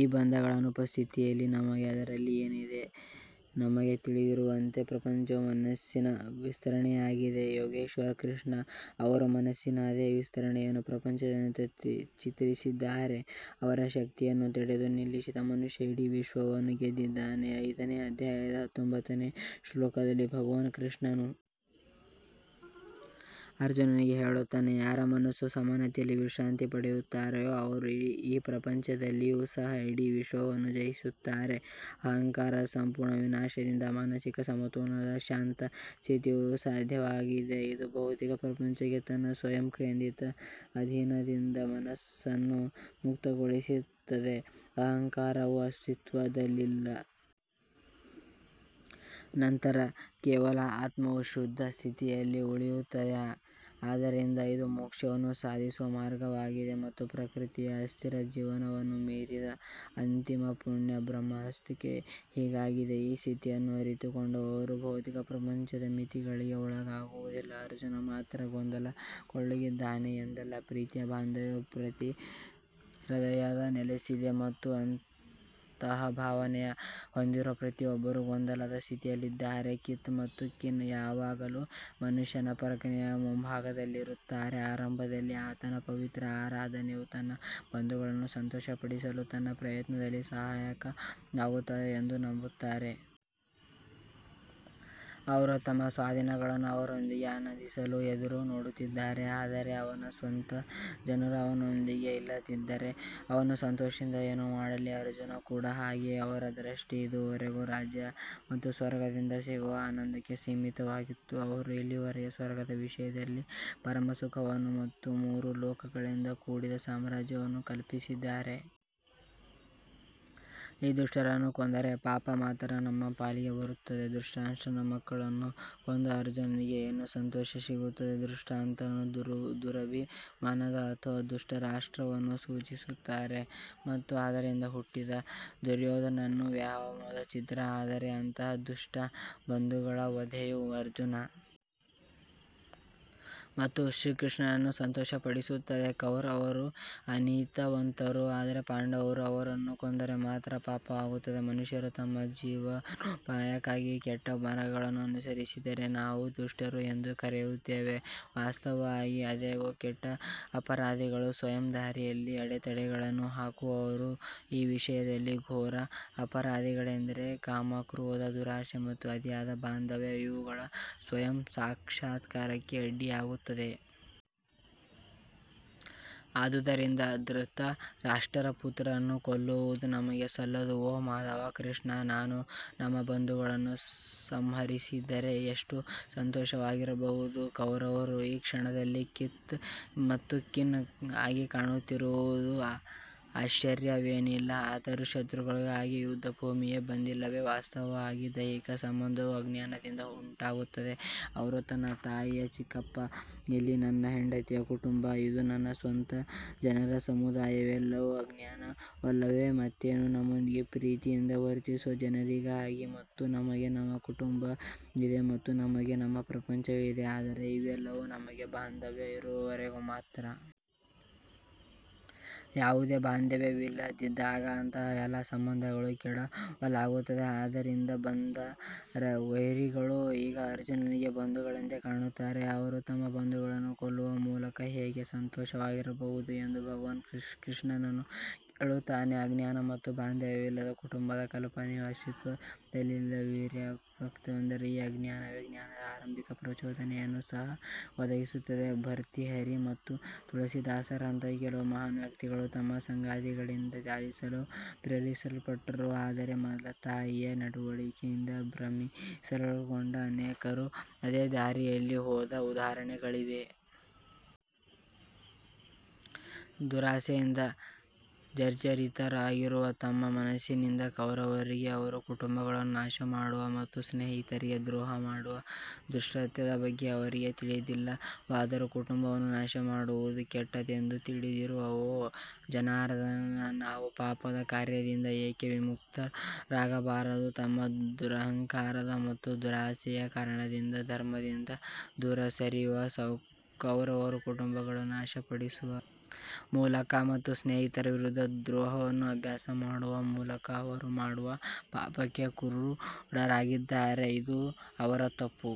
ಈ ಬಂಧಗಳ ಅನುಪಸ್ಥಿತಿಯಲ್ಲಿ ನಮಗೆ ಅದರಲ್ಲಿ ಏನಿದೆ ನಮಗೆ ತಿಳಿದಿರುವಂತೆ ಪ್ರಪಂಚವು ಮನಸ್ಸಿನ ವಿಸ್ತರಣೆಯಾಗಿದೆ ಯೋಗೇಶ್ವರ್ ಕೃಷ್ಣ ಅವರು ಮನಸ್ಸಿನ ಅದೇ ವಿಸ್ತರಣೆಯನ್ನು ಪ್ರಪಂಚದಂತೆ ಚಿತ್ರಿಸಿದ್ದಾರೆ ಅದರ ಶಕ್ತಿಯನ್ನು ತಡೆದು ನಿಲ್ಲಿಸಿದ ಮನುಷ್ಯ ಇಡೀ ವಿಶ್ವವನ್ನು ಗೆದ್ದಿದ್ದಾನೆ ಐದನೇ ಅಧ್ಯಾಯದ ಹತ್ತೊಂಬತ್ತನೇ ಶ್ಲೋಕದಲ್ಲಿ ಭಗವಾನ್ ಕೃಷ್ಣನು ಅರ್ಜುನನಿಗೆ ಹೇಳುತ್ತಾನೆ, ಯಾರ ಮನಸ್ಸು ಸಮಾನತೆಯಲ್ಲಿ ವಿಶ್ರಾಂತಿ ಪಡೆಯುತ್ತಾರೋ ಅವರು ಈ ಪ್ರಪಂಚದಲ್ಲಿಯೂ ಸಹ ಇಡೀ ವಿಶ್ವವನ್ನು ಜಯಿಸುತ್ತಾರೆ ಅಹಂಕಾರದ ಸಂಪೂರ್ಣ ವಿನಾಶದಿಂದ ಮಾನಸಿಕ ಸಮತೋಲನದ ಶಾಂತ ಸ್ಥಿತಿಯು ಸಾಧ್ಯವಾಗಿದೆ ಇದು ಭೌತಿಕ ಪ್ರಪಂಚಕ್ಕೆ ತನ್ನ ಸ್ವಯಂ ಕೇಂದ್ರಿತ ಅಧೀನದಿಂದ ಮನಸ್ಸನ್ನು ಮುಕ್ತಗೊಳಿಸುತ್ತದೆ ಅಹಂಕಾರವು ಅಸ್ತಿತ್ವದಲ್ಲಿಲ್ಲದ ನಂತರ ಕೇವಲ ಆತ್ಮವು ಶುದ್ಧ ಸ್ಥಿತಿಯಲ್ಲಿ ಉಳಿಯುತ್ತದೆ ಆದ್ದರಿಂದ ಇದು ಮೋಕ್ಷವನ್ನು ಸಾಧಿಸುವ ಮಾರ್ಗವಾಗಿದೆ ಮತ್ತು ಪ್ರಕೃತಿಯ ಅಸ್ಥಿರ ಜೀವನವನ್ನು ಮೀರಿದ ಅಂತಿಮ ಪುಣ್ಯ ಬ್ರಹ್ಮಾವಸ್ಥೆ ಹೀಗಾಗಿಯೇ ಈ ಸ್ಥಿತಿಯನ್ನು ಅರಿತುಕೊಂಡವರು ಭೌತಿಕ ಪ್ರಪಂಚದ ಮಿತಿಗಳಿಗೆ ಒಳಗಾಗುವುದಿಲ್ಲ ಅರ್ಜುನ್ ಮಾತ್ರ ಗೊಂದಲಕ್ಕೊಳಗಾಗಿದ್ದಾನೆ ಎಂದಲ್ಲ ಪ್ರೀತಿಯ ಬಾಂಧವ್ಯವು ಪ್ರತಿ ಹೃದಯದಲ್ಲಿ ನೆಲೆಸಿದೆ ಮತ್ತು ಅಂತಹ ಭಾವನೆ ಹೊಂದಿರುವ ಪ್ರತಿಯೊಬ್ಬರೂ ಗೊಂದಲದ ಸ್ಥಿತಿಯಲ್ಲಿದ್ದಾರೆ ಕಿತ್ ಮತ್ತು ಕಿನ್ ಯಾವಾಗಲೂ ಮನುಷ್ಯನ ಪ್ರಜ್ಞೆಯ ಮುಂಭಾಗದಲ್ಲಿರುತ್ತಾರೆ ಆರಂಭದಲ್ಲಿ ಆತನ ಪವಿತ್ರ ಆರಾಧನೆಯು ತನ್ನ ಬಂಧುಗಳನ್ನು ಸಂತೋಷಪಡಿಸಲು ತನ್ನ ಪ್ರಯತ್ನದಲ್ಲಿ ಸಹಾಯಕವಾಗುತ್ತದೆ ಎಂದು ನಂಬುತ್ತಾನೆ. ಅವರು ತಮ್ಮ ಸ್ವಾಧೀನಗಳನ್ನು ಅವರೊಂದಿಗೆ ಆನಂದಿಸಲು ಎದುರು ನೋಡುತ್ತಿದ್ದಾರೆ ಆದರೆ ಅವನ ಸ್ವಂತ ಜನರು ಅವನೊಂದಿಗೆ ಇಲ್ಲದಿದ್ದರೆ ಅವನು ಸಂತೋಷದಿಂದ ಏನು ಮಾಡಲಿ ಅರ್ಜುನ್ ಕೂಡ ಹಾಗೆಯೇ ಅವರ ದೃಷ್ಟಿ ಇದುವರೆಗೆ ರಾಜ್ಯ ಮತ್ತು ಸ್ವರ್ಗದಿಂದ ಸಿಗುವ ಆನಂದಕ್ಕೆ ಸೀಮಿತವಾಗಿತ್ತು ಅವರು ಇಲ್ಲಿಯವರೆಗೆ ಸ್ವರ್ಗದ ವಿಷಯದಲ್ಲಿ ಪರಮ ಸುಖವನ್ನು ಮತ್ತು ಮೂರು ಲೋಕಗಳಿಂದ ಕೂಡಿದ ಸಾಮ್ರಾಜ್ಯವನ್ನು ಕಲ್ಪಿಸಿದ್ದಾರೆ. ಈ ದುಷ್ಟರನ್ನೂ ಕೊಂದರೆ ಪಾಪ ಮಾತ್ರ ನಮ್ಮ ಪಾಲಿಗೆ ಬರುತ್ತದೆ ಧೃತರಾಷ್ಟ್ರನ ಮಕ್ಕಳನ್ನು ಕೊಂದ ಅರ್ಜುನನಿಗೆ ಏನು ಸಂತೋಷ ಸಿಗುತ್ತದೆ ಧೃತರಾಷ್ಟ್ರನು ದುರಭಿಮಾನದ ಅಥವಾ ದುಷ್ಟ ರಾಷ್ಟ್ರವನ್ನು ಸೂಚಿಸುತ್ತಾನೆ ಮತ್ತು ಅದರಿಂದ ಹುಟ್ಟಿದ ದುರ್ಯೋಧನನು ವ್ಯಾಮೋಹದ ಚಿತ್ರ ಆದರೆ ಅಂತಹ ದುಷ್ಟ ಬಂಧುಗಳ ವಧೆಯು ಅರ್ಜುನ್ ಮತ್ತು ಶ್ರೀಕೃಷ್ಣನನ್ನು ಸಂತೋಷಪಡಿಸುತ್ತದೆ ಕೌರವರು ಅನೀತಿವಂತರು ಆದರೆ ಪಾಂಡವರು ಅವರನ್ನು ಕೊಂದರೆ ಮಾತ್ರ ಪಾಪವಾಗುತ್ತದೆ ಮನುಷ್ಯರು ತಮ್ಮ ಜೀವನೋಪಾಯಕ್ಕಾಗಿ ಕೆಟ್ಟ ಮಾರ್ಗಗಳನ್ನು ಅನುಸರಿಸಿದರೆ ನಾವು ದುಷ್ಟರು ಎಂದು ಕರೆಯುತ್ತೇವೆ ವಾಸ್ತವವಾಗಿ ಆದಾಗ್ಯೂ ಕೆಟ್ಟ ಅಪರಾಧಿಗಳು ಸ್ವಯಂ ದಾರಿಯಲ್ಲಿ ಅಡೆತಡೆಗಳನ್ನು ಹಾಕುವವರು ಈ ವಿಷಯದಲ್ಲಿ ಘೋರ ಅಪರಾಧಿಗಳೆಂದರೆ ಕಾಮ ಕ್ರೋಧ ದುರಾಶೆ ಮತ್ತು ಅತಿಯಾದ ಬಾಂಧವ್ಯ ಇವುಗಳು ಸ್ವಯಂ ಸಾಕ್ಷಾತ್ಕಾರಕ್ಕೆ ಅಡ್ಡಿಯಾಗುತ್ತವೆ. ಆದುದರಿಂದ ಧೃತರಾಷ್ಟ್ರರ ಪುತ್ರರನ್ನು ಕೊಲ್ಲುವುದು ನಮಗೆ ಸಲ್ಲದು, ಓ ಮಾಧವ ಕೃಷ್ಣ, ನಾವು ನಮ್ಮ ಬಂಧುಗಳನ್ನು ಸಂಹರಿಸಿದರೆ ಎಷ್ಟು ಸಂತೋಷವಾಗಿರಬಹುದು. ಕೌರವರು ಈ ಕ್ಷಣದಲ್ಲಿ ಕಿತ್ ಮತ್ತು ಕಿನ್ ಆಗಿ ಕಾಣುತ್ತಿರುವುದು ಆಶ್ಚರ್ಯವೇನಿಲ್ಲ ಅವರು ಶತ್ರುಗಳಾಗಿ ಯುದ್ಧಭೂಮಿಗೆ ಬಂದಿಲ್ಲವೇ? ವಾಸ್ತವವಾಗಿ ದೈಹಿಕ ಸಂಬಂಧವು ಅಜ್ಞಾನದಿಂದ ಉಂಟಾಗುತ್ತದೆ ಅವರು ನನ್ನ ತಾಯಿಯ ಚಿಕ್ಕಪ್ಪ ಇಲ್ಲಿ ನನ್ನ ಹೆಂಡತಿಯ ಕುಟುಂಬ ಇದು ನನ್ನ ಸ್ವಂತ ಜನರ ಸಮುದಾಯ ಇವೆಲ್ಲವೂ ಅಜ್ಞಾನವಲ್ಲದೆ ಮತ್ತೇನು ನಮ್ಮೊಂದಿಗೆ ಪ್ರೀತಿಯಿಂದ ವರ್ತಿಸುವ ಜನರಿದ್ದಾರೆ ಮತ್ತು ನಮಗೆ ನಮ್ಮ ಕುಟುಂಬವಿದೆ ಮತ್ತು ನಮಗೆ ನಮ್ಮ ಪ್ರಪಂಚವಿದೆ ಆದರೆ ಇವೆಲ್ಲವೂ ನಮಗೆ ಬಾಂಧವ್ಯ ಇರುವವರೆಗೆ ಮಾತ್ರ. ಯಾವುದೇ ಬಾಂಧವ್ಯವಿಲ್ಲದಿದ್ದಾಗ ಅಂತಹ ಎಲ್ಲಾ ಸಂಬಂಧಗಳನ್ನು ಕೆಡವಲಾಗುತ್ತದೆ ಆದ್ದರಿಂದಲೇ ಬದ್ಧ ವೈರಿಗಳೂ ಈಗ ಅರ್ಜುನನಿಗೆ ಬಂಧುಗಳಂತೆ ಕಾಣುತ್ತಾರೆ ಅವರು ತಮ್ಮ ಬಂಧುಗಳನ್ನು ಕೊಲ್ಲುವ ಮೂಲಕ ಹೇಗೆ ಸಂತೋಷವಾಗಿರಬಹುದು ಎಂದು ಭಗವಾನ್ ಕೃಷ್ಣನನ್ನು ಕೇಳುತ್ತಾನೆ ಅಜ್ಞಾನ ಮತ್ತು ಬಾಂಧವ್ಯವಿಲ್ಲದೆ ಕುಟುಂಬದ ಕಲ್ಪನೆಯು ಅಸ್ತಿತ್ವದಲ್ಲಿಲ್ಲ ವಿಪರ್ಯಾಸವೆಂದರೆ ಈ ಅಜ್ಞಾನವೇ ಜ್ಞಾನದ ಆರಂಭಿಕ ಪ್ರಚೋದನೆಯನ್ನು ಸಹ ಒದಗಿಸುತ್ತದೆ ಭರ್ತ್ರಿಹರಿ ಮತ್ತು ತುಳಸಿದಾಸರಂತಹ ಕೆಲವು ಮಹಾನ್ ವ್ಯಕ್ತಿಗಳು ತಮ್ಮ ಸಂಗಾತಿಗಳಿಂದ ತ್ಯಜಿಸಲು ಪ್ರೇರೇಪಿಸಲ್ಪಟ್ಟರು ಆದರೆ ಮಲತಾಯಿಯ ನಡವಳಿಕೆಯಿಂದ ಭ್ರಮನಿರಸನಗೊಂಡ ಅನೇಕರು ಅದೇ ದಾರಿಯಲ್ಲಿ ಹೋದ ಉದಾಹರಣೆಗಳಿವೆ. ದುರಾಸೆಯಿಂದ ಜರ್ಜರಿತವಾಗಿರುವ ತಮ್ಮ ಮನಸ್ಸಿನಿಂದ ಕೌರವರಿಗೆ ಅವರು ಕುಟುಂಬಗಳನ್ನು ನಾಶಮಾಡುವ ಮತ್ತು ಸ್ನೇಹಿತರಿಗೆ ದ್ರೋಹ ಮಾಡುವ ದುಷ್ಕೃತ್ಯದ ಬಗ್ಗೆ ಅವರಿಗೆ ತಿಳಿದಿಲ್ಲವಾದರೂ, ಕುಟುಂಬವನ್ನು ನಾಶಮಾಡುವುದು ಕೆಟ್ಟದ್ದೆಂದು ತಿಳಿದಿರುವ ಓ ಜನಾರ್ದನ ನಾವು ಪಾಪದ ಕಾರ್ಯದಿಂದ ಏಕೆ ವಿಮುಖರಾಗಬಾರದು ತಮ್ಮ ದುರಹಂಕಾರ ಮತ್ತು ದುರಾಸೆಯ ಕಾರಣದಿಂದ ಧರ್ಮದಿಂದ ದೂರ ಸರಿಯುವ ಕೌರವರು ಕುಟುಂಬಗಳನ್ನು ನಾಶಪಡಿಸುವ ಮೂಲಕ ಮತ್ತು ಸ್ನೇಹಿತರ ವಿರುದ್ಧ ದ್ರೋಹವನ್ನು ಅಭ್ಯಾಸ ಮಾಡುವ ಮೂಲಕ ಅವರು ಮಾಡುವ ಪಾಪಕ್ಕೆ ಕುರುಡರಾಗಿದ್ದಾರೆ. ಇದು ಅವರ ತಪ್ಪು.